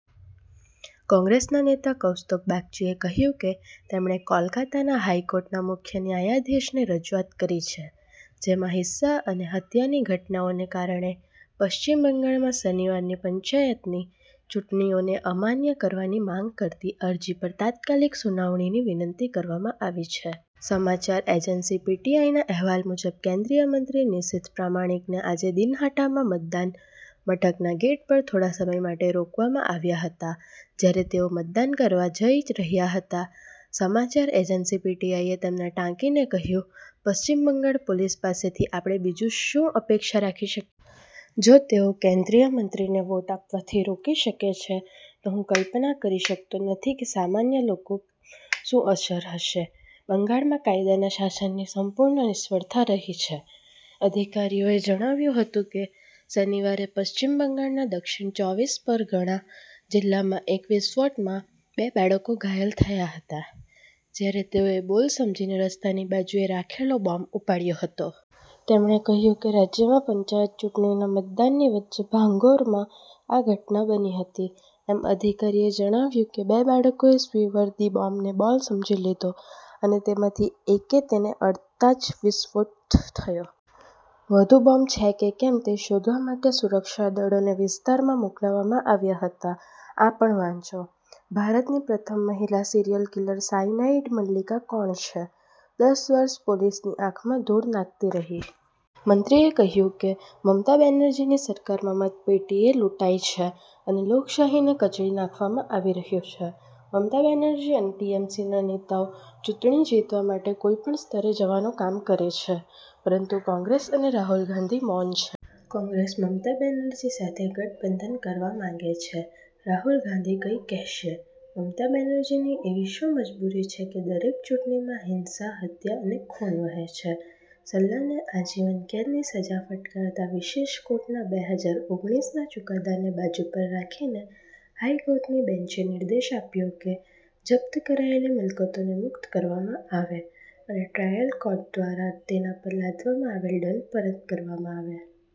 કોંગ્રેસના નેતા કૌસ્તવ બાગચીએ કહ્યું કે, તેમણે કોલકાતા હાઈકોર્ટના મુખ્ય ન્યાયાધીશને રજૂઆત કરી છે, જેમાં હિંસા અને હત્યાની ઘટનાઓને કારણે પશ્ચિમ બંગાળમાં શનિવારની પંચાયતની ચૂંટણીઓને અમાન્ય કરવાની માંગ કરતી અરજી પર તાત્કાલિક સુનાવણીની વિનંતી કરવામાં આવી છે. સમાચાર એજન્સી પીટીઆઈના અહેવાલ મુજબ કેન્દ્રીય મંત્રી નિશીથ પ્રામાણિકને આજે દિનહાટામાં મતદાન મથકના ગેટ પર થોડા સમય માટે રોકવામાં આવ્યા હતા, જ્યારે તેઓ મતદાન કરવા જઈ રહ્યા હતા. સમાચાર એજન્સી પીટીઆઈએ તેમને ટાંકીને કહ્યું, પશ્ચિમ બંગાળ પોલીસ પાસેથી આપણે બીજી શું અપેક્ષા રાખી શકીએ? જો તેઓ કેન્દ્રીય મંત્રીને વોટ આપવાથી રોકી શકે છે, તો હું કલ્પના કરી શકતો નથી કે સામાન્ય લોકો શું અસર હશે. બંગાળમાં કાયદાના શાસનની સંપૂર્ણ નિષ્ફળતા રહી છે. અધિકારીઓએ જણાવ્યું હતું કે, શનિવારે પશ્ચિમ બંગાળના દક્ષિણ ચોવીસ પરગણા જિલ્લામાં એક વિસ્ફોટમાં બે બાળકો ઘાયલ થયા હતા, જ્યારે તેઓએ બોલ સમજીને રસ્તાની બાજુએ રાખેલો બોમ્બ ઉપાડ્યો હતો. તેમણે કહ્યું કે, રાજ્યમાં પંચાયત ચૂંટણીના મતદાનની વચ્ચે ભાંગોરમાં આ ઘટના બની હતી. એક અધિકારીએ જણાવ્યું કે, બે બાળકોએ સ્વદેી બોમ્બને બોલ સમજી લીધો અને તેમાંથી એકે તેને અડતા જ તે વિસ્ફોટ થયો. વધુ બોમ્બ છે કે કેમ, તે શોધવા માટે સુરક્ષા દળોને વિસ્તારમાં મોકલવામાં આવ્યા હતા. આ પણ વાંચો, ભારતની પ્રથમ મહિલા સિરિયલ કિલર સાયનાઇડ મલ્લિકા કોણ છે? દસ વર્ષ પોલીસની આંખમાં ધૂળ નાખતી રહી. મંત્રીએ કહ્યું કે, મમતા બેનરજીની સરકારમાં મતપેટીઓ લૂંટાય છે અને લોકશાહીને કચડી નાખવામાં આવી રહ્યું છે, મમતા બેનર્જી અને ટીએમસીના નેતાઓ ચૂંટણી જીતવા માટે કોઈપણ સ્તરે જવાનું કામ કરે છે, પરંતુ કોંગ્રેસ અને રાહુલ ગાંધી મૌન છે. કોંગ્રેસ મમતા બેનર્જી સાથે ગઠબંધન કરવા માંગે છે? રાહુલ ગાંધી કંઈ કહેશે? મમતા બેનર્જીની એવી શું મજબૂરી છે કે, દરેક ચૂંટણીમાં હિંસા, હત્યા અને ખૂન વહે છે? સલ્લાને આજીવન કેદની સજા ફટકારતા વિશેષ કોર્ટના બેહજાર ઓગણીસ ના ચુકાદાને બાજુ પર રાખીને, હાઈકોર્ટની બેન્ચે નિર્દેશ આપ્યો કે, જપ્ત કરાયેલી મિલકતોને મુક્ત કરવામાં આવે અને ટ્રાયલ કોર્ટ દ્વારા તેના પર લાદવામાં આવેલ દંડ પરત કરવામાં આવે.